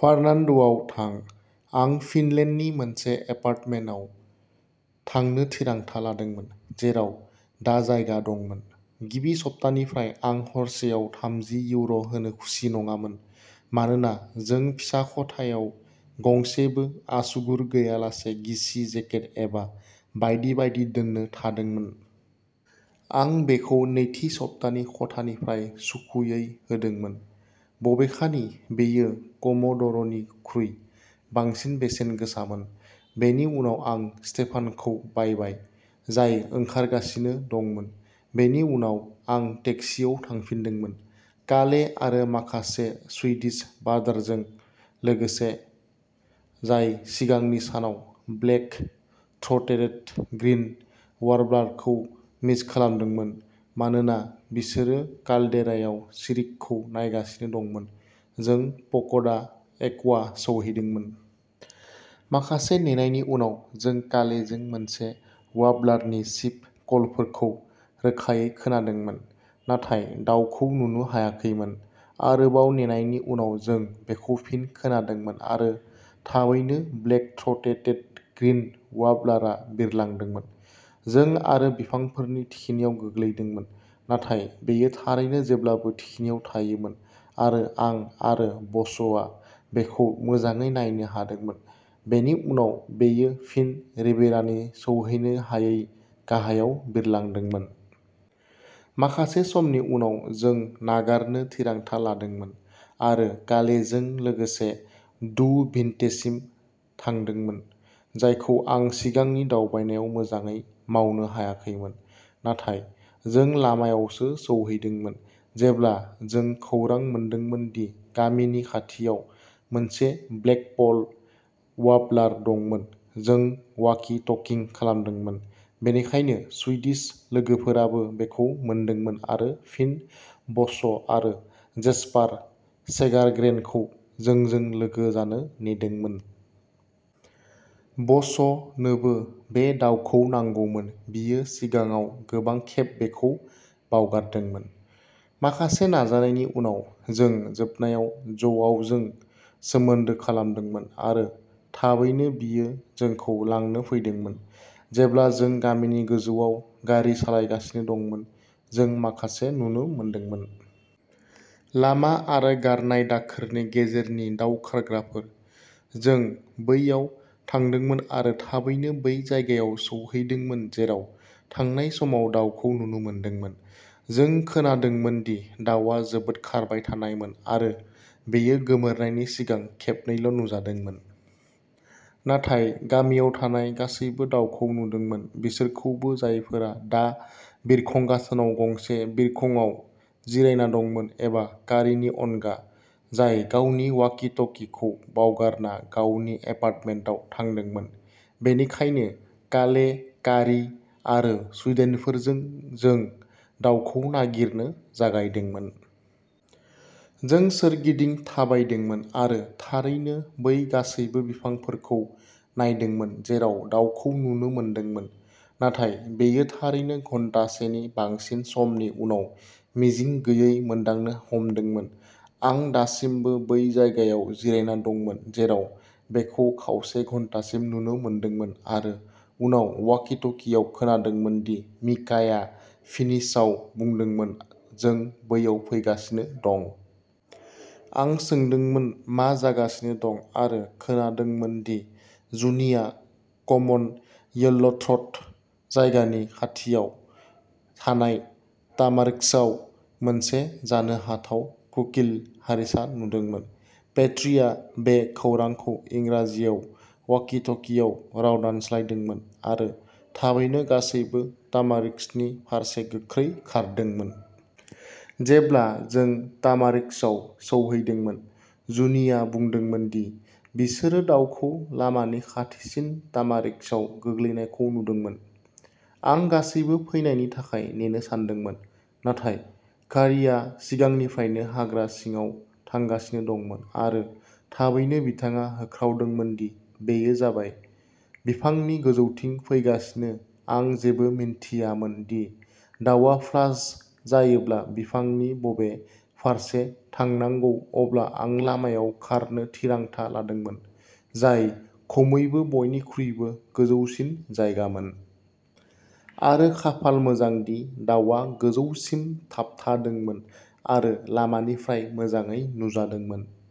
फार्नान्ड'आव थां। आं फिनलेन्डनि मोनसे एपार्टमेन्टाव थांनो थिरांथा लादोंमोन, जेराव दा जायगा दंमोन। गिबि सप्तानिफ्राय आं हरसेआव थामजि इउर' होनो खुसि नङामोन, मानोना जों फिसा खथायाव गंसेबो आसुगुर गैयालासे गिसि जेकेट एबा बायदि बायदि दोननो थादोंमोन। आं बेखौ नैथि सप्तानि खथानिफ्राय सुखुयै होदोंमोन, बबेखानि बेयो कम'डर'निख्रुइ बांसिन बेसेन गोसामोन। बेनि उनाव आं स्टेफानखौ बायबाय, जाय ओंखारगासिनो दंमोन। बेनि उनाव आं टेक्सिआव थांफिनदोंमोन। काले आरो माखासे सुइडिश बार्डारजों लोगोसे, जाय सिगांनि सानाव ब्लेक-थ्रटेटेड ग्रीन वार्बलारखौ मिस खालामदोंमोन, मानोना बिसोरो काल्डेरायाव सिरिकखौ नायगासिनो दंमोन, जों पक'दा एक्वा सौहैदोंमोन। माखासे नेनायनि उनाव जों कालेजों मोनसे वार्बलारनि चिप-कलफोरखौ रोखायै खोनादोंमोन, नाथाय दाउखौ नुनो हायाखैमोन। आरोबाव नेनायनि उनाव जों बेखौ फिन खोनादोंमोन आरो थाबैनो ब्लेक-थ्रटेटेड ग्रीन वार्बलारआ बिरलांदोंमोन। जों आरो बिफांफोरनि थिखिनियाव गोग्लैदोंमोन। नाथाय बेयो थारैनो जेब्लाबो थिखिनियाव थायोमोन आरो आं आरो बस'आ बेखौ मोजाङै नायनो हादोंमोन, बेनि उनाव बेयो फिन रिबेरानि सौहैनो हायै गाहायाव बिरलांदोंमोन। माखासे समनि उनाव जों नागारनो थिरांथा लादोंमोन आरो कालेजों लोगोसे डु भिन्टेसिम थांदोंमोन, जायखौ आं सिगांनि दावबायनायाव मोजाङै मावनो हायाखैमोन। नाथाय जों लामायावसो सौहैदोंमोन, जेब्ला जों खौरां मोनदोंमोन दि गामिनि खाथियाव मोनसे ब्लेकपल वार्बलार दंमोन जों वाकी-टकिं खालामदोंमोन, बेनिखायनो सुइडिश लोगोफोराबो बेखौ मोनदोंमोन आरो फिन बस' आरो जेस्पार सेगारग्रेनखौ जोंजों लोगो जानो नेदोंमोन। बस'नोबो बे दाउखौ नांगौमोन बियो सिगाङाव गोबां खेब बेखौ बावगारदोंमोन। माखासे नाजानायनि उनाव जों जोबनायाव ज'आवजों सोमोन्दो खालामदोंमोन आरो थाबैनो बियो जोंखौ लांनो फैदोंमोन। जेब्ला जों गामिनि गोजौआव गारि सालायगासिनो दंमोन, जों माखासे नुनो मोनदोंमोन। लामा आरो गारनाय दाखोरनि गेजेरनि दाव खारग्राफोर। जों बैयाव थांदोंमोन आरो थाबैनो बै जायगायाव सौहैदोंमोन जेराव थांनाय समाव दाउखौ नुनो मोनदोंमोन। जों खोनादोंमोन दि दाउआ जोबोद खारबाय थानायमोन आरो बेयो गोमोरनायनि सिगां खेबनैल' नुजादोंमोन। नाथाय गामियाव थानाय गासैबो दाउखौ नुदोंमोन बिसोरखौबो जायफोरा दा बिरखं गाथोनआव गंसे बिरखंआव जिरायना दंमोन एबा कारीनि अनगा, जाय गावनि वाकी-टकीखौ बावगारना गावनि एपार्टमेन्टआव थांदोंमोन। बेनिखायनो काले, कारी आरो सुइडेनफोरजों जों दाउखौ नागिरनो जागायदोंमोन। जों सोरगिदिं थाबायदोंमोन आरो थारैनो बै गासैबो बिफांफोरखौ नायदोंमोन जेराव दाउखौ नुनो मोनदोंमोन, नाथाय बेयो थारैनो घन्टासेनि बांसिन समनि उनाव मिजिं गैयै मोनदांनो हमदोंमोन। आं दासिमबो बै जायगायाव जिरायना दंमोन जेराव बेखौ खावसे घन्टासिम नुनो मोनदोंमोन आरो उनाव वाकी-टकीआव खोनादोंमोन दि मिकाया फिनिशआव बुंदोंमोन जों बैयाव फैगासिनो दं। आं सोंदोंमोन मा जागासिनो दं आरो खोनादोंमोन दि जुनिआ कमन येल्ल'थ्रट जायगानि खाथियाव थानाय तामारिस्कआव मोनसे जानो हाथाव कोकिल-हारिसा नुदोंमोन। पेट्रीआ बे खौरांखौ इंराजियाव वाकी-टकीआव राव दानस्लायदोंमोन आरो थाबैनो गासैबो तामारिस्कनि फारसे गोख्रै खारदोंमोन। जेब्ला जों तामारिस्कआव सौहैदोंमोन, जुनिआ बुंदोंमोन दि बिसोरो दाउखौ लामानि खाथिसिन तामारिस्कआव गोग्लैनायखौ नुदोंमोन। आं गासैबो फैनायनि थाखाय नेनो सानदोंमोन, नाथाय कारीआ सिगांनिफ्रायनो हाग्रा सिङाव थांगासिनो दंमोन आरो थाबैनो बिथाङा होख्रावदोंमोनदि बेयो जाबाय, बिफांनि गोजौथिं फैगासिनो आं जेबो मिन्थियामोन दि दाउआ फ्लास जायोब्ला बिफांनि बबे फारसे थांनांगौ अब्ला आं लामायाव खारनो थिरांथा लादोंमोन, जाय खमैबो बयनिख्रुइबो गोजौसिन जायगामोन। आरो खाफाल मोजां दि दाउआ गोजौसिम थाबथादोंमोन आरो लामानिफ्राय मोजाङै नुजादोंमोन।